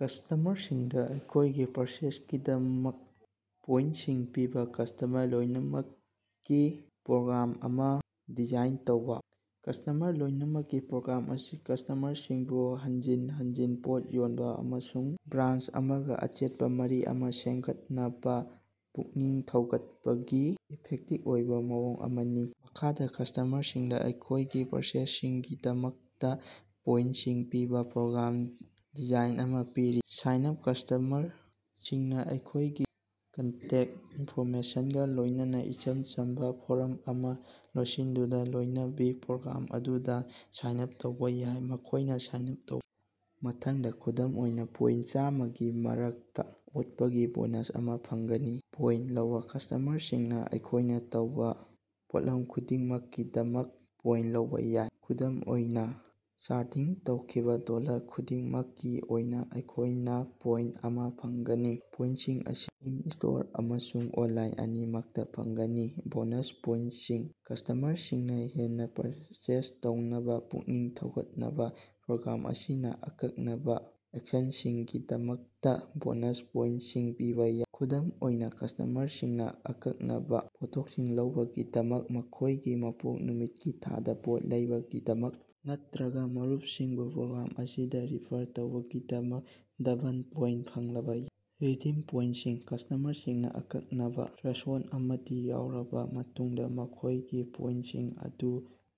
ꯀꯁ꯭ꯇꯃꯔꯁꯤꯡꯗ ꯃꯈꯣꯏꯒꯤ ꯄꯔꯆꯦꯖꯁꯤꯡꯒꯤꯗꯃꯛꯇ ꯄꯣꯏꯟꯇꯁꯤꯡ ꯄꯤꯕ ꯀꯁ꯭ꯇꯃꯔ ꯂꯣꯏꯅꯕꯒꯤ ꯄ꯭ꯔꯣꯒ꯭ꯔꯥꯝ ꯑꯃ ꯗꯤꯖꯥꯏꯟ ꯇꯧꯕ꯫ ꯀꯁ꯭ꯇꯃꯔ ꯂꯣꯏꯅꯕꯒꯤ ꯄ꯭ꯔꯣꯒ꯭ꯔꯥꯝ ꯑꯁꯤ ꯀꯁ꯭ꯇꯃꯔꯁꯤꯡꯕꯨ ꯍꯟꯖꯤꯟ ꯍꯟꯖꯤꯟ ꯄꯣꯠ ꯌꯣꯟꯕ ꯑꯃꯁꯨꯡ ꯕ꯭ꯔꯥꯟꯗ ꯑꯃꯒ ꯑꯆꯦꯠꯄ ꯃꯔꯤ ꯑꯃ ꯁꯦꯝꯒꯠꯅꯕ ꯄꯨꯛꯅꯤꯡ ꯊꯧꯒꯠꯄꯒꯤ ꯏꯐꯦꯛꯇꯤꯚ ꯑꯣꯏꯕ ꯃꯑꯣꯡ ꯑꯃꯅꯤ꯫ ꯃꯈꯥꯗ ꯀꯁ꯭ꯇꯃꯔꯁꯤꯡꯗ ꯑꯩꯈꯣꯏꯒꯤ ꯄꯔꯆꯦꯖꯁꯤꯡꯒꯤꯗꯃꯛꯇ ꯄꯣꯏꯟꯇꯁꯤꯡ ꯄꯤꯕ ꯄ꯭ꯔꯣꯒ꯭ꯔꯥꯝ ꯗꯤꯖꯥꯏꯟ ꯑꯃ ꯄꯤꯔꯤ: ꯁꯥꯏꯟ ꯑꯥꯞ: ꯀꯁ꯭ꯇꯃꯔꯁꯤꯡꯅ ꯃꯈꯣꯏꯒꯤ ꯀꯟꯇꯦꯛꯇ ꯏꯟꯐꯣꯔꯃꯦꯁꯟꯒ ꯂꯣꯏꯅꯅ ꯏꯆꯝ ꯆꯝꯕ ꯐꯣꯔꯝ ꯑꯃ ꯂꯣꯏꯁꯤꯟꯗꯨꯅ ꯂꯣꯏꯅꯕꯤ ꯄ꯭ꯔꯣꯒ꯭ꯔꯥꯝ ꯑꯗꯨꯗ ꯁꯥꯏꯟ ꯑꯥꯞ ꯇꯧꯕ ꯌꯥꯏ꯫ ꯃꯈꯣꯏꯅꯥ ꯁꯥꯏꯟ ꯑꯥꯞ ꯇꯧꯕ ꯃꯇꯝꯗ ꯈꯨꯗꯝ ꯑꯣꯏꯅꯥ ꯄꯣꯏꯟꯇ ꯆꯥꯝꯃꯒꯤ ꯇꯔꯥꯝꯅ ꯑꯣꯛꯄꯒꯤ ꯕꯣꯅꯁ ꯑꯃ ꯐꯪꯒꯅꯤ꯫ ꯄꯣꯏꯟꯇ ꯂꯧꯕ: ꯀꯁ꯭ꯇꯃꯔꯁꯤꯡꯅ ꯃꯈꯣꯏꯅ ꯇꯧꯕ ꯄꯣꯠꯂꯝ ꯈꯨꯗꯤꯡꯃꯛꯀꯤꯗꯃꯛ ꯄꯣꯏꯟꯇ ꯂꯧꯕ ꯌꯥꯏ꯫ ꯈꯨꯗꯝ ꯑꯣꯏꯅ, ꯆꯥꯗꯤꯡ ꯇꯧꯈꯤꯕ ꯗꯣꯜꯂꯔ ꯈꯨꯗꯤꯡꯃꯛꯀꯤ ꯑꯣꯏꯅ ꯃꯈꯣꯏꯅ ꯄꯣꯏꯟꯇ ꯑꯃ ꯐꯪꯒꯅꯤ꯫ ꯄꯣꯏꯟꯇꯁꯤꯡ ꯑꯁꯤ ꯏꯟ-ꯁ꯭ꯇꯣꯔ ꯑꯃꯁꯨꯡ ꯑꯣꯅꯂꯥꯏꯟ ꯑꯅꯤꯃꯛꯇ ꯐꯪꯒꯅꯤ꯫ ꯕꯣꯅꯁ ꯄꯣꯏꯟꯇꯁꯤꯡ: ꯀꯁ꯭ꯇꯃꯔꯁꯤꯡꯅ ꯍꯦꯟꯅ ꯄꯔꯆꯦꯖ ꯇꯧꯅꯕ ꯄꯨꯛꯅꯤꯡ ꯊꯧꯒꯠꯅꯕ, ꯄ꯭ꯔꯣꯒ꯭ꯔꯥꯝ ꯑꯁꯤꯅ ꯑꯀꯛꯅꯕ ꯑꯦꯛꯁꯟꯁꯤꯡꯒꯤꯗꯃꯛꯇ ꯕꯣꯅꯁ ꯄꯣꯏꯟꯇꯁꯤꯡ ꯄꯤꯕ ꯌꯥꯏ꯫ ꯈꯨꯗꯝ ꯑꯣꯏꯅ ꯀꯁ꯭ꯇꯃꯔꯁꯤꯡꯅ ꯑꯀꯛꯅꯕ ꯄꯣꯠꯊꯣꯛꯁꯤꯡ ꯂꯧꯕꯒꯤꯗꯃꯛ, ꯃꯈꯣꯏꯒꯤ ꯃꯄꯣꯛ ꯅꯨꯃꯤꯠꯀꯤ ꯊꯥꯗ ꯄꯣꯠ ꯂꯩꯕꯒꯤꯗꯃꯛ ꯅꯠꯇ꯭ꯔꯒ ꯃꯔꯨꯞꯁꯤꯡꯕꯨ ꯄ꯭ꯔꯣꯒ꯭ꯔꯥꯝ ꯑꯁꯤꯗ ꯔꯤꯐꯔ ꯇꯧꯕꯒꯤꯗꯃꯛ ꯗꯕꯜ ꯄꯣꯏꯟꯇ ꯐꯪꯂꯕ ꯌꯥꯏ꯫ ꯔꯤꯗꯤꯃꯤꯡ ꯄꯣꯏꯟꯇꯁꯤꯡ: ꯀꯁ꯭ꯇꯃꯔꯁꯤꯡꯅ ꯑꯀꯛꯅꯕ ꯊ꯭ꯔꯦꯁꯍꯣꯜꯗ ꯑꯃꯗ ꯌꯧꯔꯕ ꯃꯇꯨꯡꯗ ꯃꯈꯣꯏꯒꯤ ꯄꯣꯏꯟꯇꯁꯤꯡ ꯑꯗꯨ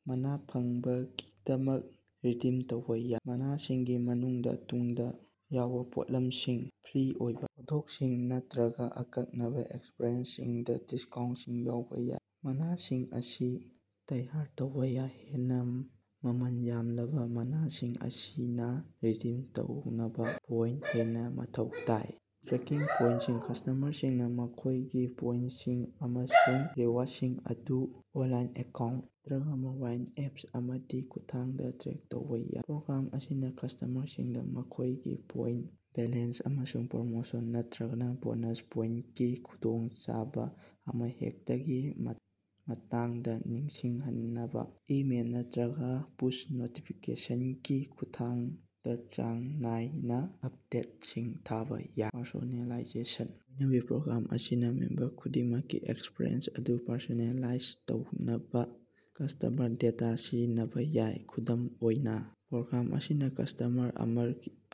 ꯃꯅ ꯐꯪꯅꯕꯒꯤꯗꯃꯛ ꯔꯤꯗꯤꯝ ꯇꯧꯕ ꯌꯥꯏ꯫ ꯃꯅꯥꯁꯤꯡꯒꯤ ꯃꯅꯨꯡꯗ ꯇꯨꯡꯗ ꯌꯣꯟꯕ ꯄꯣꯠꯂꯝꯁꯤꯡ, ꯐ꯭ꯔꯤ ꯑꯣꯏꯕ ꯄꯣꯠꯊꯣꯛꯁꯤꯡ, ꯅꯠꯇꯈꯔꯒ ꯑꯈꯟꯅꯕ ꯑꯦꯛꯁꯄꯔꯤꯌꯦꯟꯁꯁꯤꯡꯗ ꯗꯤꯁꯀꯥꯎꯟꯇꯁꯤꯡ ꯌꯥꯎꯕ ꯌꯥꯏ꯫ ꯃꯅꯥꯁꯤꯡ ꯑꯁꯤ ꯇꯌꯥꯔ ꯇꯧꯕꯥ ꯌꯥꯏ꯫ ꯍꯦꯟꯅ ꯃꯃꯜ ꯌꯥꯝꯂꯕ ꯃꯅꯥꯁꯤꯡ ꯑꯁꯤꯅ ꯔꯤꯗꯤꯝ ꯇꯧꯅꯕ ꯄꯣꯏꯟꯇ ꯍꯦꯟꯅ ꯃꯊꯧ ꯇꯥꯏ꯫ ꯇ꯭ꯔꯦꯀꯤꯡ ꯄꯣꯏꯟꯇꯁꯤꯡ: ꯀꯁ꯭ꯇꯃꯔꯁꯤꯡꯅ ꯃꯈꯣꯏꯒꯤ ꯄꯣꯏꯟꯇꯁꯤꯡ ꯑꯃꯁꯨꯡ ꯔꯤꯋꯥꯔꯗꯁꯤꯡ ꯑꯗꯨ ꯑꯣꯅꯂꯥꯏꯟ ꯑꯦꯀꯥꯎꯟꯇ ꯅꯠꯇ꯭ꯔꯒ ꯃꯣꯕꯥꯏꯜ ꯑꯦꯞ ꯑꯃꯒꯤ ꯈꯨꯠꯊꯥꯡꯗ ꯇ꯭ꯔꯦꯛ ꯇꯧꯕ ꯌꯥꯏ꯫ ꯄ꯭ꯔꯣꯒ꯭ꯔꯥꯝ ꯑꯁꯤꯅ ꯀꯁ꯭ꯇꯃꯔꯁꯤꯡꯗ ꯃꯈꯣꯏꯒꯤ ꯄꯣꯏꯟꯇ ꯕꯦꯂꯦꯟꯁ ꯑꯃꯁꯨꯡ ꯄ꯭ꯔꯣꯃꯣꯁꯟ ꯅꯠꯇ꯭ꯔꯒ ꯕꯣꯅꯁ ꯄꯣꯏꯟꯇꯀꯤ ꯈꯨꯗꯣꯡꯆꯕꯥ ꯑꯃꯍꯦꯛꯇꯒꯤ ꯃꯇꯥꯡꯗ ꯅꯤꯡꯁꯤꯡꯍꯟꯅꯕ ꯏꯃꯦꯜ ꯅꯠꯇ꯭ꯔꯒ ꯄꯨꯁ ꯅꯣꯇꯤꯐꯤꯀꯦꯁꯟꯒꯤ ꯈꯨꯠꯊꯥꯡꯗꯥꯆꯥꯡ ꯅꯥꯏꯅ ꯑꯄꯗꯦꯠꯁꯤꯡ ꯊꯥꯕ ꯌꯥꯏ꯫ ꯄꯔꯁꯣꯅꯦꯂꯥꯏꯖꯦꯁꯟ: ꯂꯣꯏꯅꯕꯤ ꯄ꯭ꯔꯣꯒ꯭ꯔꯥꯝ ꯑꯁꯤꯅ ꯃꯦꯝꯕꯔ ꯈꯨꯗꯤꯡꯃꯛꯀꯤ ꯑꯦꯛꯁꯄꯔꯤꯌꯦꯟꯁ ꯑꯗꯨ ꯄꯔꯁꯣꯅꯦꯂꯥꯏꯖ ꯇꯧꯅꯕ ꯀꯁ꯭ꯇꯃꯔ ꯗꯦꯇꯥ ꯁꯤꯖꯤꯟꯅꯕ ꯌꯥꯏ꯫ ꯈꯨꯗꯝ ꯑꯣꯏꯅ, ꯄ꯭ꯔꯣꯒ꯭ꯔꯥꯝ ꯑꯁꯤꯅ ꯀꯁ꯭ꯇꯃꯔ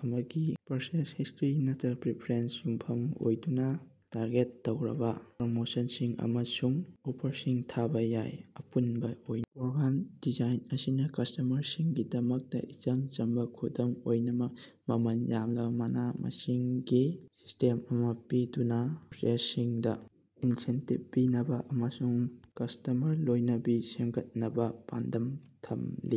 ꯑꯃꯒꯤ ꯄꯔꯆꯦꯖ ꯍꯤꯁ꯭ꯇꯔꯤ ꯅꯠꯇ꯭ꯔꯒ ꯄꯔꯐꯦꯔꯦꯟꯁꯇ ꯌꯨꯝꯐꯝ ꯑꯣꯏꯗꯨꯅ ꯇꯥꯔꯒꯦꯠ ꯇꯧꯔꯕ ꯄ꯭ꯔꯣꯃꯣꯁꯟꯁꯤꯡ ꯑꯃꯁꯨꯡ ꯑꯣꯐꯔꯁꯤꯡ ꯊꯥꯕ ꯌꯥꯏ꯫ꯑꯄꯨꯟꯕ ꯑꯣꯏꯅ, ꯄ꯭ꯔꯣꯒ꯭ꯔꯥꯝ ꯗꯤꯖꯥꯏꯟ ꯑꯁꯤꯅ ꯀꯁ꯭ꯇꯃꯔꯁꯤꯡꯒꯤꯗꯃꯛꯇ ꯏꯆꯝ ꯆꯝꯕ, ꯑꯗꯨꯝ ꯑꯣꯏꯅꯃꯛ ꯃꯃꯜ ꯌꯥꯝꯂꯕ ꯃꯅꯥ-ꯃꯁꯤꯡꯒꯤ ꯁꯤꯁ꯭ꯇꯦꯝ ꯑꯃ ꯄꯤꯗꯨꯅ ꯄꯔꯆꯦꯖꯁꯤꯡꯗ ꯏꯟꯁꯦꯟꯇꯤꯕ ꯄꯤꯅꯕ ꯑꯃꯁꯨꯡ ꯀꯁ꯭ꯇꯃꯔ ꯂꯣꯏꯅꯕꯤ ꯁꯦꯝꯒꯠꯅꯕ ꯄꯥꯟꯗꯝ ꯊꯝꯂꯤ꯫